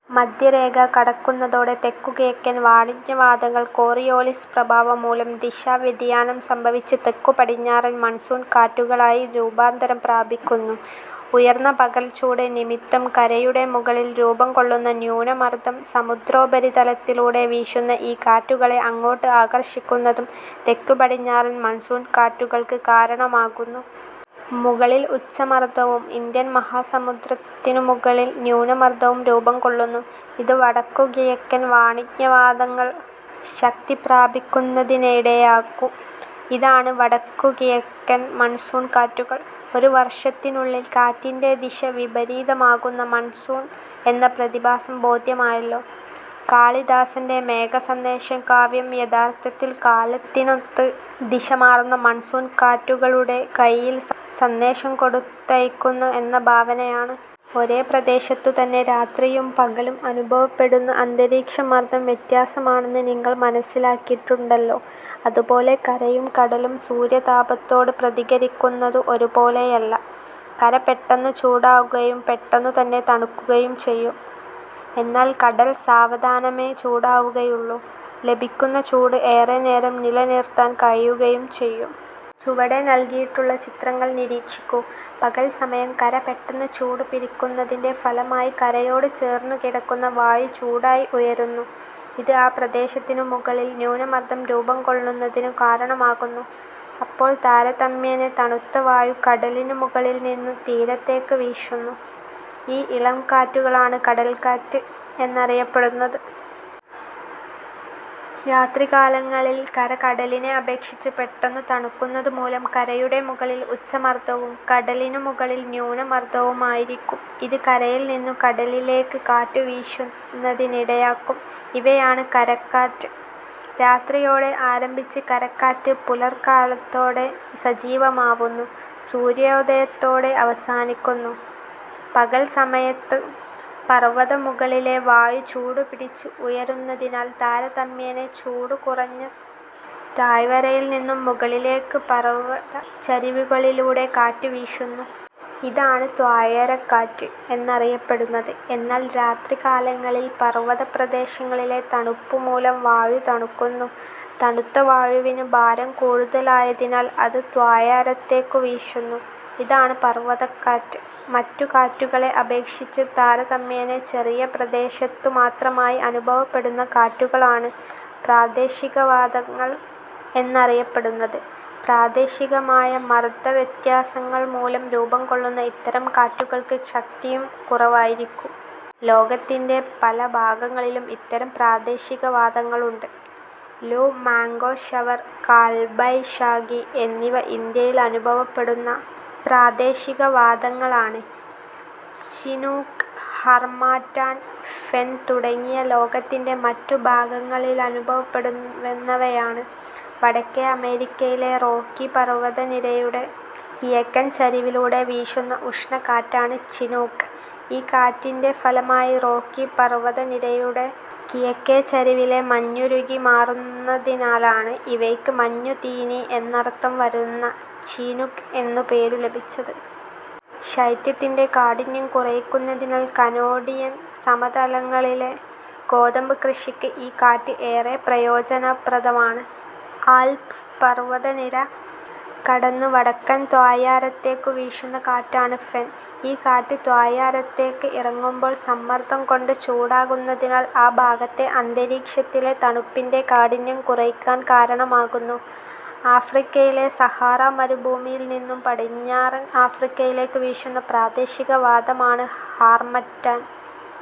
മധ്യ രേഖ കടക്കുന്നതോടെ തെക്കു കിഴക്കൻ വാണിജ്യവാതങ്ങൾ കോറിയോലിസ് പ്രഭാവം മൂലം ദിശാ വ്യതിയാനം സംഭവിച്ച് തെക്കുപടിഞ്ഞാറൻ മൺസൂൺ കാറ്റുകളായി രൂപാന്തരം പ്രാപിക്കുന്നു. ഉയർന്ന പകൽച്ചൂട് നിമിത്തം കരയുടെ മുകളിൽ രൂപംകൊള്ളുന്ന ന്യൂനമർദം സമുദ്രോപരിതലത്തിലൂടെ വീശുന്ന ഈ കാറ്റുകളെ അങ്ങോട്ടേക്ക് ആകർഷിക്കുന്നതും തെക്കുപടിഞ്ഞാറൻ മൺസൂൺ കാറ്റുകൾക്ക് കാരണമാകുന്നു. മുകളിൽ ഉച്ചമർദവും ഇന്ത്യൻ മഹാസമുദ്രത്തിനു മുകളിൽ ന്യൂനമർദവും രൂപംകൊള്ളുന്നു. ഇത് വടക്കുകിഴക്കൻ വാണിജ്യവാതങ്ങൾ ശക്തി പ്രാപിക്കുന്നതിനിടയാക്കും. ഇതാണ് വടക്കുകിഴക്കൻ മൺസൂൺ കാറ്റുകൾ. ഒരു വർഷത്തിനുള്ളിൽ കാറ്റിന്റെ ദിശ വിപരീതമാകുന്ന മൺസൂൺ എന്ന പ്രതിഭാസം ബോധ്യമായല്ലോ. കാളിദാസന്റെ മേഘസന്ദേശം കാവ്യം യഥാർഥത്തിൽ കാലത്തിനൊത്ത് ദിശമാറുന്ന മൺസൂൺ കാറ്റുകളുടെ കൈയിൽ സന്ദേശം കൊടുത്തയയ്ക്കുന്നു എന്ന ഭാവനയാണ്! ഒരേ പ്രദേശത്തു തന്നെ രാത്രിയും പകലും അനുഭവപ്പെടുന്ന അന്തരീക്ഷ മർദം വ്യത്യസ്തമാണെന്ന് നിങ്ങൾ മനസ്സിലാക്കിയിട്ടുണ്ടല്ലോ. അതു പോലെ കരയും കടലും സൂര്യതാപത്തോട് പ്രതികരിക്കുന്നതു ഒരുപോലെയല്ല. കര പെട്ടെന്ന് ചൂടാവുകയും പെട്ടെന്നുതന്നെ തണുക്കുകയും ചെയ്യും. എന്നാൽ കടൽ സാവധാനമേ ചൂടാവുകയുളളൂ. ലഭിക്കുന്ന ചൂട് ഏറെനേരം നില നിർത്താൻ കഴിയുകയും ചെയ്യും. ചുവടെ നൽകിയിട്ടുള്ള ചിത്രങ്ങൾ നിരീക്ഷിക്കൂ. പകൽസമയം കര പെട്ടെന്ന് ചൂടുപിടിക്കുന്നതിന്റെ ഫലമായി കരയോട് ചേർന്നുകിടക്കുന്ന വായു ചൂടായി ഉയരുന്നു. ഇത് ആ പ്രദേശത്തിനു മുകളിൽ ന്യൂനമർദം രൂപംകൊള്ളുന്നതിനു കാരണമാകുന്നു. അപ്പോൾ താരതമ്യേന തണുത്ത വായു കടലിനുമുകളിൽ നിന്നു തീരത്തേക്ക് വീശുന്നു. ഈ ഇളംകാറ്റുകളാണ് കടൽക്കാറ്റ് എന്നറിയപ്പെടുന്നത്. രാത്രികാലങ്ങളിൽ കര കടലിനെ അപേക്ഷിച്ച് പെട്ടെന്നു തണുക്കുന്നതുമൂലം കരയുടെ മുകളിൽ ഉച്ചമർദവും കടലിനുമുകളിൽ ന്യൂനമർദവുമായിരിക്കും. ഇത് കരയിൽ നിന്നു കടലിലേക്ക് കാറ്റു വീശുന്നതിനിടയാക്കും. ഇവയാണ് കരക്കാറ്റ്. രാത്രിയോടെ ആരംഭിച്ച് കരക്കാറ്റ് പുലർകാലത്തോടെ സജീവമാവുന്നു; സൂര്യോദയത്തോടെ അവസാനിക്കുന്നു. പകൽസമയത്ത് പർവതമുകളിലെ വായു ചൂടുപിടിച്ച് ഉയരുന്നതിനാൽ താരതമ്യേന ചൂടുകുറഞ്ഞ താഴ്വരയിൽ നിന്നും മുകളിലേക്ക് പർവതച്ചരിവുകളിലൂടെ കാറ്റ് വീശുന്നു. ഇതാണ് താഴ്വരക്കാറ്റ് എന്നറിയപ്പെടുന്നത്. എന്നാൽ രാത്രികാലങ്ങളിൽ പർവതപ്രദേശങ്ങളിലെ തണുപ്പു മൂലം വായു തണുക്കുന്നു. തണുത്ത വായുവിന് ഭാരം കൂടുതലായതിനാൽ അത് താഴ്വാരത്തേക്കു വീശുന്നു. ഇതാണ് പർവതക്കാറ്റ്. മറ്റു കാറ്റുകളെ അപേക്ഷിച്ച് താരതമ്യേന ചെറിയ പ്രദേശത്തുമാത്രമായി അനുഭവപ്പെടുന്ന കാറ്റുകളാണ് പ്രാദേശികവാതങ്ങൾ എന്നറിയപ്പെടുന്നത്. പ്രാദേശികമായ മർദവ്യത്യാസങ്ങൾ മൂലം രൂപംകൊള്ളുന്ന ഇത്തരം കാറ്റുകൾക്ക് ശക്തിയും കുറവായിരിക്കും. ലോകത്തിന്റെ പലഭാഗങ്ങളിലും ഇത്തരം പ്രാദേശികവാതങ്ങളുണ്ട്. ലൂ, മാംഗോഷവർ, കാൽബൈശാഖി എന്നിവ ഇന്ത്യയിലനുഭവപ്പെടുന്ന പ്രാദേശികവാതങ്ങളാണ്. ചിനൂക്ക്, ഹർമാറ്റൻ, ഫൊൻ തുടങ്ങിയവ ലോകത്തിന്റെ മറ്റു ഭാഗങ്ങളിലനുഭവപ്പെടുന്നവയാണ്. വടക്കേ അമേരിക്കയിലെ റോക്കി പർവതനിരയുടെ കിഴക്കൻ ചരിവിലൂടെ വീശുന്ന ഉഷ്ണ കാറ്റാണ് ചിനൂക്ക്. ഈ കാറ്റിന്റെ ഫലമായി റോക്കി പർവത നിരയുടെ കിഴക്കേ ചരിവിലെ മഞ്ഞുരുകി മാറുന്നതിനാലാണ് ഇവയ്ക്ക് മഞ്ഞു തീനി എന്നർഥം വരുന്ന ചിനൂക്ക് എന്നു പേരു ലഭിച്ചത്. ശൈത്യത്തിന്റെ കാഠിന്യം കുറയ്ക്കുന്നതിനാൽ കനേഡിയൻ സമതലങ്ങളിലെ ഗോതമ്പ് കൃഷിക്ക് ഈ കാറ്റ് ഏറെ പ്രയോജനപ്രദമാണ്. ആൽപ്സ് പർവതനിര കടന്ന് വടക്കൻ താഴ്വാരത്തേക്കു വീശുന്ന കാറ്റാണ് ഫൊൻ. ഈ കാറ്റ് താഴ്വാരത്തേക്ക് ഇറങ്ങുമ്പോൾ സമ്മർദംകൊണ്ട് ചൂടാകുന്നതിനാൽ ആ ഭാഗത്തെ അന്തരീക്ഷത്തിലെ തണുപ്പിന്റെ കാഠിന്യം കുറയാൻ കാരണമാകുന്നു. ആഫ്രിക്കയിലെ സഹാറ മരുഭൂമിയിൽ നിന്ന് പടിഞ്ഞാറൻ ആഫ്രിക്കയിലേക്ക് വീശുന്ന പ്രാദേശിക വാതമാണ് ഹർമാറ്റൻ.